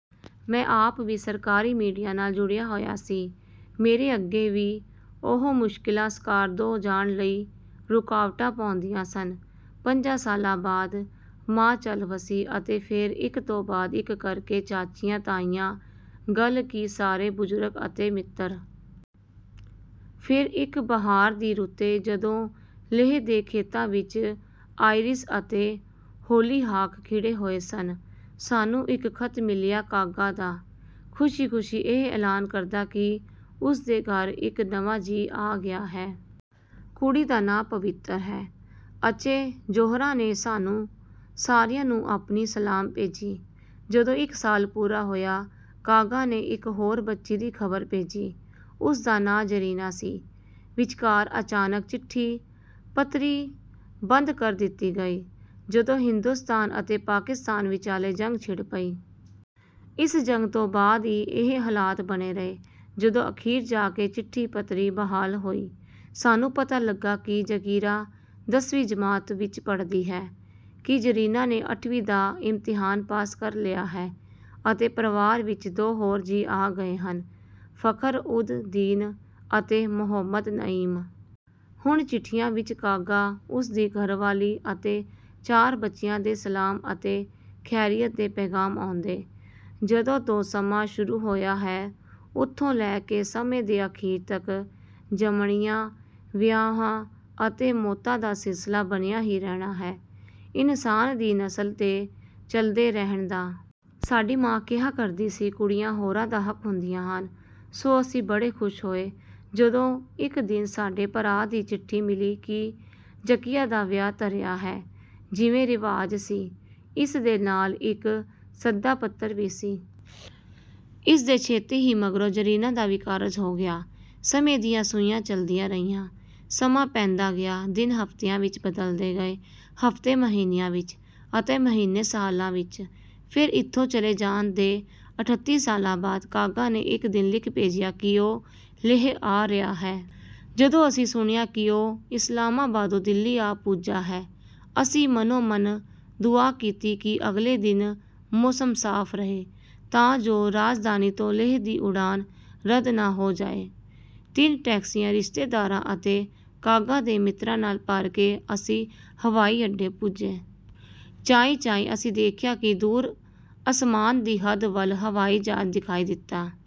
ਮੈਂ ਆਪ ਵੀ ਸਰਕਾਰੀ ਮੀਡੀਆ ਨਾਲ ਜੁੜਿਆ ਹੋਇਆ ਸੀ। ਮੇਰੇ ਅੱਗੇ ਵੀ ਓਹੋ ਮੁਸ਼ਕਿਲਾਂ ਸਕਾਰਦੋ ਜਾਣ ਲਈ ਰੁਕਾਵਟਾਂ ਪਾਉਂਦੀਆਂ ਸਨ। ਪੰਜਾਂ ਸਾਲਾਂ ਬਾਅਦ, ਮਾਂ ਚੱਲ ਵਸੀ ਅਤੇ ਫੇਰ ਇੱਕ ਤੋਂ ਬਾਅਦ ਇੱਕ ਕਰਕੇ ਚਾਚੀਆਂ, ਤਾਈਆਂ, ਗੱਲ ਕੀ ਸਾਰੇ ਬਜ਼ੁਰਗ ਅਤੇ ਮਿੱਤਰ। ਫੇਰ, ਇੱਕ ਬਹਾਰ ਦੀ ਰੁੱਤੇ, ਜਦੋਂ ਲੇਹ ਦੇ ਖੇਤਾਂ ਵਿੱਚ ਆਇਰਿਸ ਅਤੇ ਹੌਲੀਹਾਕ ਖਿੜੇ ਹੋਏ ਸਨ, ਸਾਨੂੰ ਇੱਕ ਖ਼ਤ ਮਿਲਿਆ ਕਾਗਾ ਦਾ, ਖੁਸ਼ੀ-ਖੁਸ਼ੀ ਇਹ ਐਲਾਨ ਕਰਦਾ ਕਿ ਉਸ ਦੇ ਘਰ ਇੱਕ ਨਵਾਂ ਜੀਅ ਆ ਗਿਆ ਹੈ। ਕੁੜੀ ਦਾ ਨਾਂ ਪਵਿੱਤਰ ਹੈ। ਅਚੇ ਜ਼ੋਹਰਾ ਨੇ ਸਾਨੂੰ ਸਾਰਿਆਂ ਨੂੰ ਆਪਣੀ ਸਲਾਮ ਭੇਜੀ। ਜਦੋਂ ਇੱਕ ਸਾਲ ਪੂਰਾ ਹੋਇਆ, ਕਾਗਾ ਨੇ ਇੱਕ ਹੋਰ ਬੱਚੀ ਦੀ ਖ਼ਬਰ ਭੇਜੀ। ਉਸ ਦਾ ਨਾਂ ਜ਼ਰੀਨਾ ਸੀ। ਵਿਚਕਾਰ ਅਚਾਨਕ ਚਿੱਠੀ-ਪੱਤਰੀ ਬੰਦ ਕਰ ਦਿੱਤੀ ਗਈ, ਜਦੋਂ ਹਿੰਦੋਸਤਾਨ ਅਤੇ ਪਾਕਿਸਤਾਨ ਵਿਚਾਲੇ ਜੰਗ ਛਿੜ ਪਈ। ਇਸ ਜੰਗ ਤੋਂ ਬਾਅਦ ਵੀ ਇਹੀ ਹਾਲਾਤ ਬਣੇ ਰਹੇ। ਜਦੋਂ ਅਖ਼ੀਰ ਜਾ ਕੇ ਚਿੱਠੀ-ਪੱਤਰੀ ਬਹਾਲ ਹੋਈ, ਸਾਨੂੰ ਪਤਾ ਲੱਗਾ ਕਿ ਜ਼ਕੀਆ ਦਸਵੀਂ ਜਮਾਤ ਵਿੱਚ ਪੜ੍ਹਦੀ ਹੈ, ਕਿ ਜ਼ਰੀਨਾ ਨੇ ਅੱਠਵੀਂ ਦਾ ਇਮਤਿਹਾਨ ਪਾਸ ਕਰ ਲਿਆ ਹੈ ਅਤੇ ਪਰਿਵਾਰ ਵਿੱਚ ਦੋ ਹੋਰ ਜੀਅ ਆ ਗਏ ਹਨ—ਫ਼ਖ਼ਰ-ਉਦ-ਦੀਨ ਅਤੇ ਮੋਹੰਮਦ ਨਈਮ। ਹੁਣ, ਚਿੱਠੀਆਂ ਵਿੱਚ ਕਾਗਾ, ਉਸ ਦੀ ਘਰਵਾਲੀ ਅਤੇ ਚਾਰ ਬੱਚਿਆਂ ਦੇ ਸਲਾਮ ਅਤੇ ਖੈਰੀਅਤ ਦੇ ਪੈਗ਼ਾਮ ਆਉਂਦੇ। ਜਦੋਂ ਤੋਂ ਸਮਾਂ ਸ਼ੁਰੂ ਹੋਇਆ ਹੈ, ਓਥੋਂ ਲੈ ਕੇ ਸਮੇਂ ਦੇ ਅਖ਼ੀਰ ਤੱਕ, ਜੰਮਣਿਆਂ, ਵਿਆਹਾਂ ਅਤੇ ਮੌਤਾਂ ਦਾ ਸਿਲਸਿਲਾ ਬਣਿਆ ਹੀ ਰਹਿਣਾ ਹੈ, ਇਨਸਾਨ ਦੀ ਨਸਲ ਦੇ ਚੱਲਦੇ ਰਹਿਣ ਦਾ। ਸਾਡੀ ਮਾਂ ਕਿਹਾ ਕਰਦੀ ਸੀ, "ਕੁੜੀਆਂ ਹੋਰਾਂ ਦ ਹੱਕ ਹੁੰਦੀਆਂ ਹਨ," ਸੋ ਅਸੀਂ ਬੜੇ ਖੁਸ਼ ਹੋਏ ਜਦੋਂ ਇੱਕ ਦਿਨ ਸਾਡੇ ਭਰਾ ਦੀ ਚਿੱਠੀ ਮਿਲੀ ਕਿ ਜ਼ਕੀਆ ਦਾ ਵਿਆਹ ਧਰਿਆ ਹੈ। ਜਿਵੇਂ ਰਿਵਾਜ ਸੀ, ਇਸ ਦੇ ਨਾਲ ਇੱਕ ਸੱਦਾ-ਪੱਤਰ ਵੀ ਸੀ। ਇਸ ਦੇ ਛੇਤੀ ਹੀ ਮਗਰੋਂ, ਜ਼ਰੀਨਾ ਦਾ ਵੀ ਕਾਰਜ ਹੋ ਗਿਆ। ਸਮੇਂ ਦੀਆਂ ਸੂਈਆਂ ਚੱਲਦੀਆਂ ਰਹੀਆਂ। ਸਮਾਂ ਪੈਂਦਾ ਗਿਆ। ਦਿਨ ਹਫ਼ਤਿਆਂ ਵਿੱਚ ਬਦਲਦੇ ਗਏ, ਹਫ਼ਤੇ ਮਹੀਨਿਆਂ ਵਿੱਚ ਅਤੇ ਮਹੀਨੇ ਸਾਲਾਂ ਵਿੱਚ। ਫੇਰ, ਇੱਥੋਂ ਚਲੇ ਜਾਣ ਦੇ ਅਠੱਤੀ ਸਾਲਾਂ ਬਾਅਦ, ਕਾਗਾ ਨੇ ਇੱਕ ਦਿਨ ਲਿਖ ਭੇਜਿਆ ਕਿ ਉਹ ਲੇਹ ਆ ਰਿਹਾ ਹੈ। ਜਦੋਂ ਅਸੀਂ ਸੁਣਿਆ ਕਿ ਉਹ ਇਸਲਾਮਾਬਾਦੋਂ ਦਿੱਲੀ ਆ ਪੁੱਜਾ ਹੈ, ਅਸੀਂ ਮਨੋ-ਮਨ ਦੁਆ ਕੀਤੀ ਕਿ ਅਗਲੇ ਦਿਨ ਮੌਸਮ ਸਾਫ਼ ਰਹੇ ਤਾਂ ਜੋ ਰਾਜਧਾਨੀ ਤੋਂ ਲੇਹ ਦੀ ਉਡਾਨ ਰੱਦ ਨਾ ਹੋ ਜਾਏ। ਤਿੰਨ ਟੈਕਸੀਆਂ ਰਿਸ਼ਤੇਦਾਰਾਂ ਅਤੇ ਕਾਗਾ ਦੇ ਮਿੱਤਰਾਂ ਨਾਲ ਭਰ ਕੇ ਅਸੀਂ ਹਵਾਈ ਅੱਡੇ ਪੁੱਜੇ। ਚਾਈਂ-ਚਾਈਂ, ਅਸੀਂ ਦੇਖਿਆ ਕਿ ਦੂਰ ਅਸਮਾਨ ਦੀ ਹੱਦ ਵੱਲ ਹਵਾਈ ਜਹਾਜ਼ ਦਿਖਾਈ ਦਿੱਤਾ...